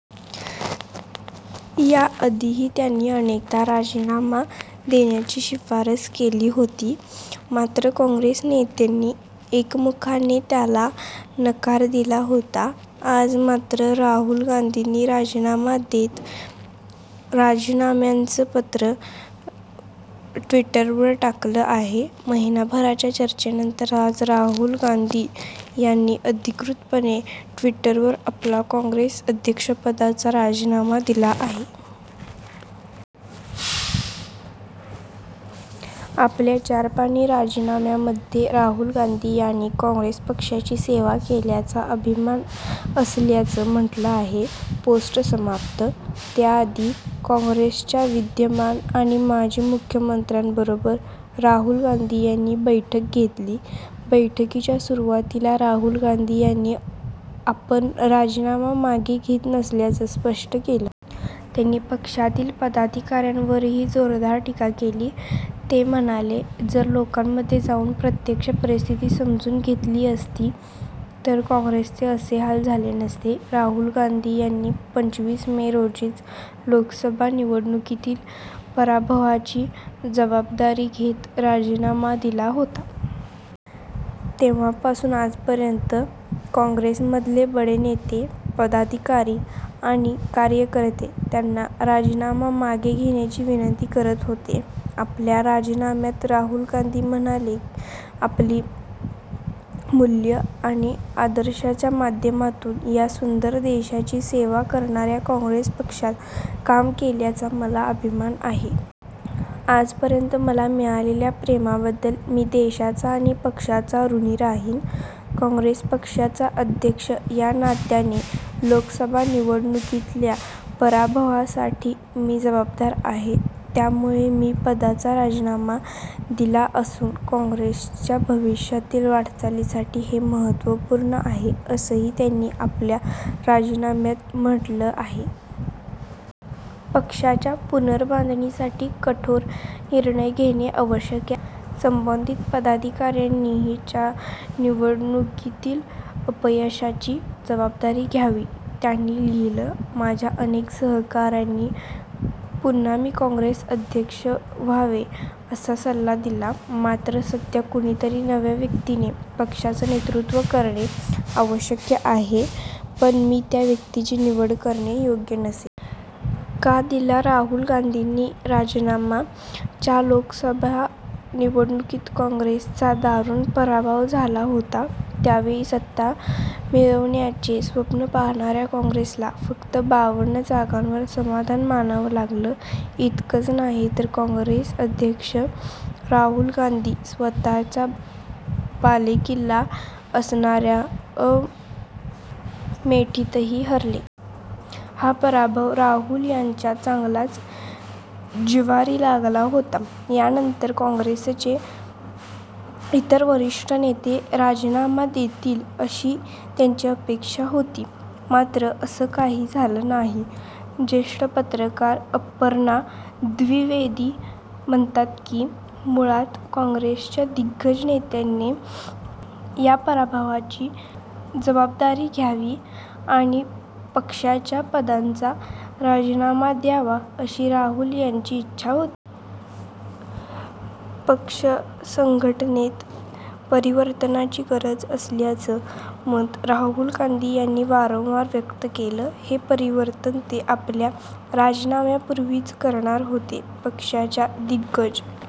या आधीही त्यांनी अनेकदा राजीनामा देण्याची शिफारस केली होती. मात्र काँग्रेस नेत्यांनी एकमुखाने त्याला नकार दिला होता. आज मात्र राहुल गांधीनी राजीनामा देत राजीनाम्याचं पत्र ट्विटरवर टाकलं आहे. महिनाभराच्या चर्चेनंतर आज राहुल गांधी यांनी अधिकृतपणे ट्विटरवर आपला काँग्रेस अध्यक्षपदाचा राजीनामा दिला आहे. आपल्या चार पानी राजीनाम्यामध्ये राहुल गांधी यांनी काँग्रेस पक्षाची सेवा केल्याचा अभिमान असल्याचं म्हटलं आहे. पोस्ट समाप्त, त्याआधी, काँग्रेसच्या विद्यमान आणि माजी मुख्यमंत्र्यांबरोबर राहुल गांधी यांनी बैठक घेतली. बैठकीच्या सुरूवातीला राहुल गांधी यांनी आपण राजीनामा मागे घेत नसल्याचं स्पष्ट केलं. त्यांनी पक्षातील पदाधिकाऱ्यांवरही जोरदार टीका केली. ते म्हणाले जर लोकांमध्ये जाऊन प्रत्यक्ष परिस्थिती समजून घेतली असती तर काँग्रेसचे असे हाल झाले नसते. राहुल गांधी यांनी पंचवीस मे रोजीच लोकसभा निवडणुकीतील पराभवाची जबाबदारी घेत राजीनामा दिला होता. तेव्हापासून आजपर्यंत काँग्रेसमधले बडे नेते, पदाधिकारी आणि कार्यकर्ते त्यांना राजीनामा मागे घेण्याची विनंती करत होते. आपल्या राजीनाम्यात राहुल गांधी म्हणाले आपली मूल्यं आणि आदर्शांच्या माध्यमातून या सुंदर देशाची सेवा करणाऱ्या काँग्रेस पक्षात काम केल्याचा मला अभिमान आहे. आजपर्यंत मला मिळालेल्या प्रेमाबद्दल मी देशाचा आणि पक्षाचा ऋणी राहीन. काँग्रेस पक्षाचा अध्यक्ष या नात्याने लोकसभा निवडणुकीतल्या पराभवासाठी मी जबाबदार आहे. त्यामुळे मी पदाचा राजीनामा दिला असून काँग्रेसच्या भविष्यातील वाटचालीसाठी हे महत्त्वपूर्ण आहे, असंही त्यांनी आपल्या राजीनाम्यात म्हटलं आहे. पक्षाच्या पुनर्बांधणीसाठी कठोर निर्णय घेणे आवश्यक आहे. संबंधित पदाधिकाऱ्यांनीही च्या निवडणुकीतील अपयशाची जबाबदारी घ्यावी. त्यांनी लिहिलं माझ्या अनेक सहकाऱ्यांनी पुन्हा मी काँग्रेस अध्यक्ष व्हावे असा सल्ला दिला. मात्र सध्या कुणीतरी नव्या व्यक्तीने पक्षाचं नेतृत्व करणं आवश्यक आहे, पण मी त्या व्यक्तीची निवड करणं योग्य नसेल. का दिला राहुल गांधींनी राजीनामा च्या लोकसभा निवडणुकीत काँग्रेसचा दारूण पराभव झाला होता. यावेळी सत्ता मिळवण्याचे स्वप्न पाहणाऱ्या काँग्रेसला फक्त बावन जागांवर समाधान मानावं लागलं. इतकंच नाही तर काँग्रेस अध्यक्ष राहुल गांधी स्वतःचा बालेकिल्ला असणाऱ्या अमेठीतही हरले. हा पराभव राहुल यांच्या चांगलाच जिव्हारी लागला होता. यानंतर काँग्रेसचे इतर वरिष्ठ नेते राजीनामा देतील अशी त्यांची अपेक्षा होती मात्र असं काही झालं नाही. जेष्ठ पत्रकार अपर्णा द्विवेदी म्हणतात की, मुळात काँग्रेसच्या दिग्गज नेत्यांनी या पराभवाची जबाबदारी घ्यावी आणि पक्षाच्या पदांचा राजीनामा द्यावा, अशी राहुल यांची इच्छा होती. पक्ष संघटनेत परिवर्तनाची गरज असल्याचं मत राहूल गांधी यांनी वारंवार व्यक्त केलं. हे परिवर्तन ते आपल्या राजीनाम्यापूर्वीच करणार होते. पक्षाच्या दिग्गज